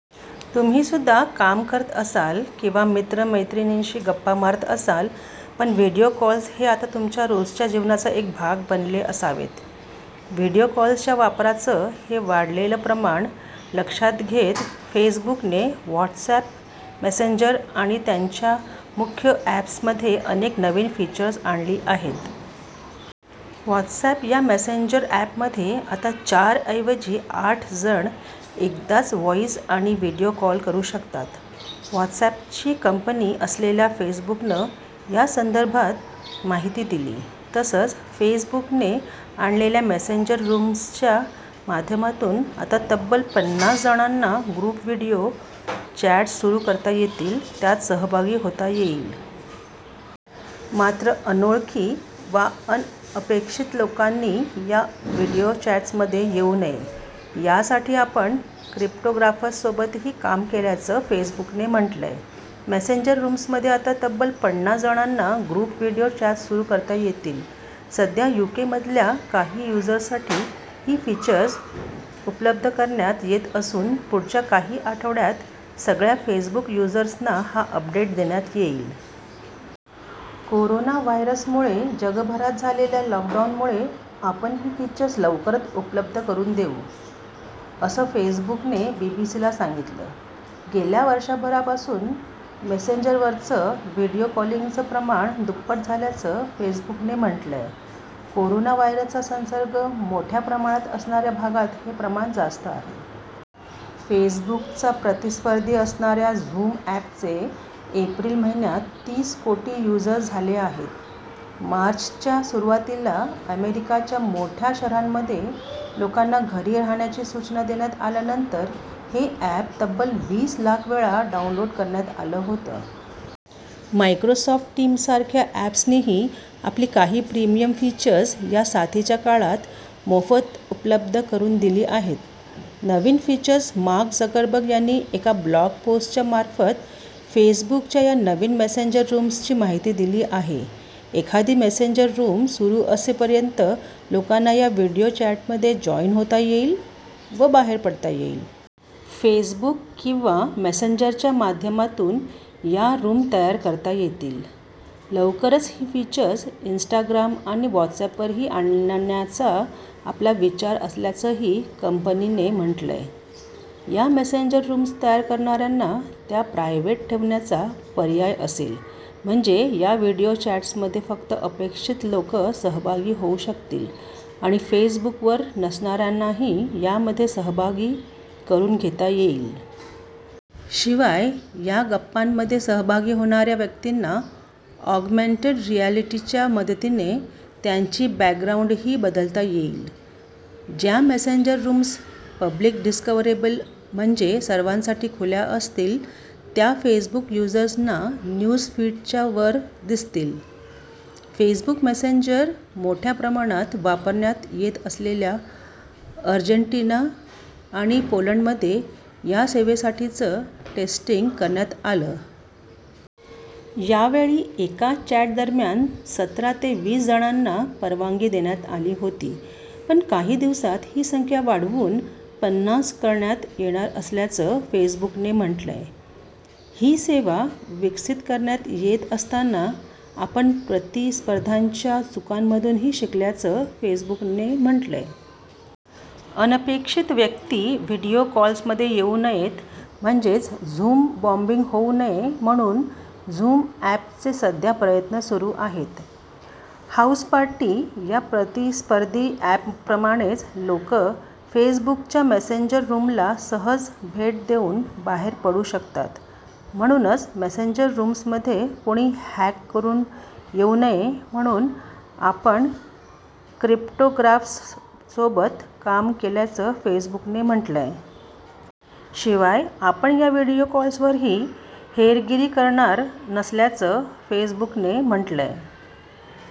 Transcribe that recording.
तुम्हीसुद्धा काम करत असाल किंवा मित्रमैत्रिणींशी गप्पा मारत असाल, पण व्हीडिओ कॉल्स हे आता तुमच्या रोजच्या जीवनाचा एक भाग बनले असावेत. व्हीडिओ कॉल्सच्या वापराचं हे वाढलेलं प्रमाण लक्षात घेत फेसबुकने व्हॉट्सॲप, मेसेंजर आणि त्यांच्या मुख्य ॲप्समध्ये अनेक नवीन फीचर्स आणली आहेत. व्हॉट्सॲप या मेसेंजर ॲपमध्ये आता चार ऐवजी आठ जण एकदाच व्हॉईस आणि व्हीडिओ कॉल करू शकतात. व्हॉट्सॲपची कंपनी असलेल्या फेसबुकनं यासंदर्भात माहिती दिली. तसंच, फेसबुकने आणलेल्या मेसेंजर रूम्सच्या माध्यमातून आता तब्बल पन्नास जणांना ग्रुप व्हीडिओ चॅट्स सुरू करता येतील, त्यात सहभागी होता येईल. मात्र अनोळखी वा अनपेक्षित लोकांनी या व्हीडिओ चॅट्समध्ये येऊ नये, यासाठी आपण क्रिप्टोग्राफर्ससोबतही काम केल्याचं फेसबुकने म्हटलंय. मेसेंजर रूम्समध्ये आता तब्बल पन्नास जणांना ग्रुप व्हीडिओ चॅट्स सुरू करता येतील सध्या युकेमधल्या काही युजर्ससाठी ही फीचर्स उपलब्ध करण्यात येत असून पुढच्या काही आठवड्यांत सगळ्या फेसबुक युजर्सना हा अपडेट देण्यात येईल. कोरोना व्हायरसमुळे जगभरात झालेल्या लॉकडाऊनमुळे आपण ही फीचर्स लवकरच उपलब्ध करून देऊ, असं फेसबुकने बीबीसीला सांगितलं. गेल्या वर्षभरापासून मेसेंजरवरचं व्हिडिओ कॉलिंगचं प्रमाण दुप्पट झाल्याचं फेसबुकने म्हटलंय. कोरोना व्हायरसचा संसर्ग मोठ्या प्रमाणात असणाऱ्या भागांत हे प्रमाण जास्त आहे. फेसबुकचा प्रतिस्पर्धी असणाऱ्या झूम ॲपचे एप्रिल महिन्यात तीस कोटी युजर्स झाले आहेत. मार्चच्या सुरुवातीला अमेरिकेच्या मोठ्या शहरांमध्ये लोकांना घरी राहण्याची सूचना देण्यात आल्यानंतर हे ॲप तब्बल वीस लाख वेळा डाऊनलोड करण्यात आलं होतं. मायक्रोसॉफ्ट टीम्ससारख्या ॲप्सनीही आपली काही प्रिमियम फीचर्स या साथीच्या काळात मोफत उपलब्ध करून दिली आहेत. नवीन फीचर्स मार्क झुकरबर्ग यांनी एका ब्लॉग पोस्टच्या मार्फत फेसबुकच्या या नवीन मेसेंजर रूम्सची माहिती दिली आहे. एखादी मेसेंजर रूम सुरू असे पर्यंत लोकांना या व्हिडिओ चॅटमध्ये जॉईन होता येईल वा बाहेर पडता येईल. फेसबुक किंवा मेसेंजरच्या माध्यमातून या रूम्स तयार करता येतील. लवकरच ही फीचर्स इन्स्टाग्राम आणि व्हॉट्सॲपवरही आणण्याचा आपला विचार असल्याचंही कंपनीने म्हटलंय. या मेसेंजर रूम्स तयार करणाऱ्यांना त्या प्रायव्हेट ठेवण्याचा पर्याय असेल, म्हणजे या व्हिडिओ चॅट्समध्ये फक्त अपेक्षित लोकं सहभागी होऊ शकतील आणि फेसबुकवर नसणाऱ्यांनाही यामध्ये सहभागी करून घेता येईल. शिवाय या गप्पांमध्ये सहभागी होणाऱ्या व्यक्तींना ऑगमेंटेड रिएलिटीच्या मदतीने त्यांची बॅकग्राऊंडही बदलता येईल. ज्या मेसेंजर रूम्स पब्लिक डिस्कव्हरेबल म्हणजे सर्वांसाठी खुल्या असतील त्या फेसबुक युजर्सना न्यूज फीडच्या वर दिसतील. फेसबुक मेसेंजर मोठ्या प्रमाणात वापरण्यात येत असलेल्या अर्जेंटिना आणि पोलंडमध्ये या सेवेसाठीचं टेस्टिंग करण्यात आलं. यावेळी एका चॅटदरम्यान सतरा ते वीस जणांना परवानगी देण्यात आली होती, पण काही दिवसांत ही संख्या वाढवून पन्नास करण्यात येणार असल्याचं फेसबुकने म्हटलंय. ही सेवा विकसित करण्यात येत असताना आपण प्रतिस्पर्ध्यांच्या चुकांमधूनही शिकल्याचं फेसबुकने म्हटलंय. अनपेक्षित व्यक्ती व्हिडिओ कॉल्समध्ये येऊ नयेत म्हणजेच झूम बॉम्बिंग होऊ नये म्हणून झूम ॲपचे सध्या प्रयत्न सुरू आहेत. हाऊसपार्टी या प्रतिस्पर्धी ॲपप्रमाणेच लोक फेसबुकच्या मेसेंजर रूमला सहज भेट देऊन बाहेर पडू शकतात म्हणूनच मेसेंजर रूम्समध्ये कुणी हॅक करून येऊ नये म्हणून आपण क्रिप्टोग्राफर्ससोबत काम केल्याचं फेसबुकने म्हटलंय. शिवाय आपण या व्हिडिओ कॉल्सवरही हेरगिरी करणार नसल्याचं फेसबुकने म्हटलंय.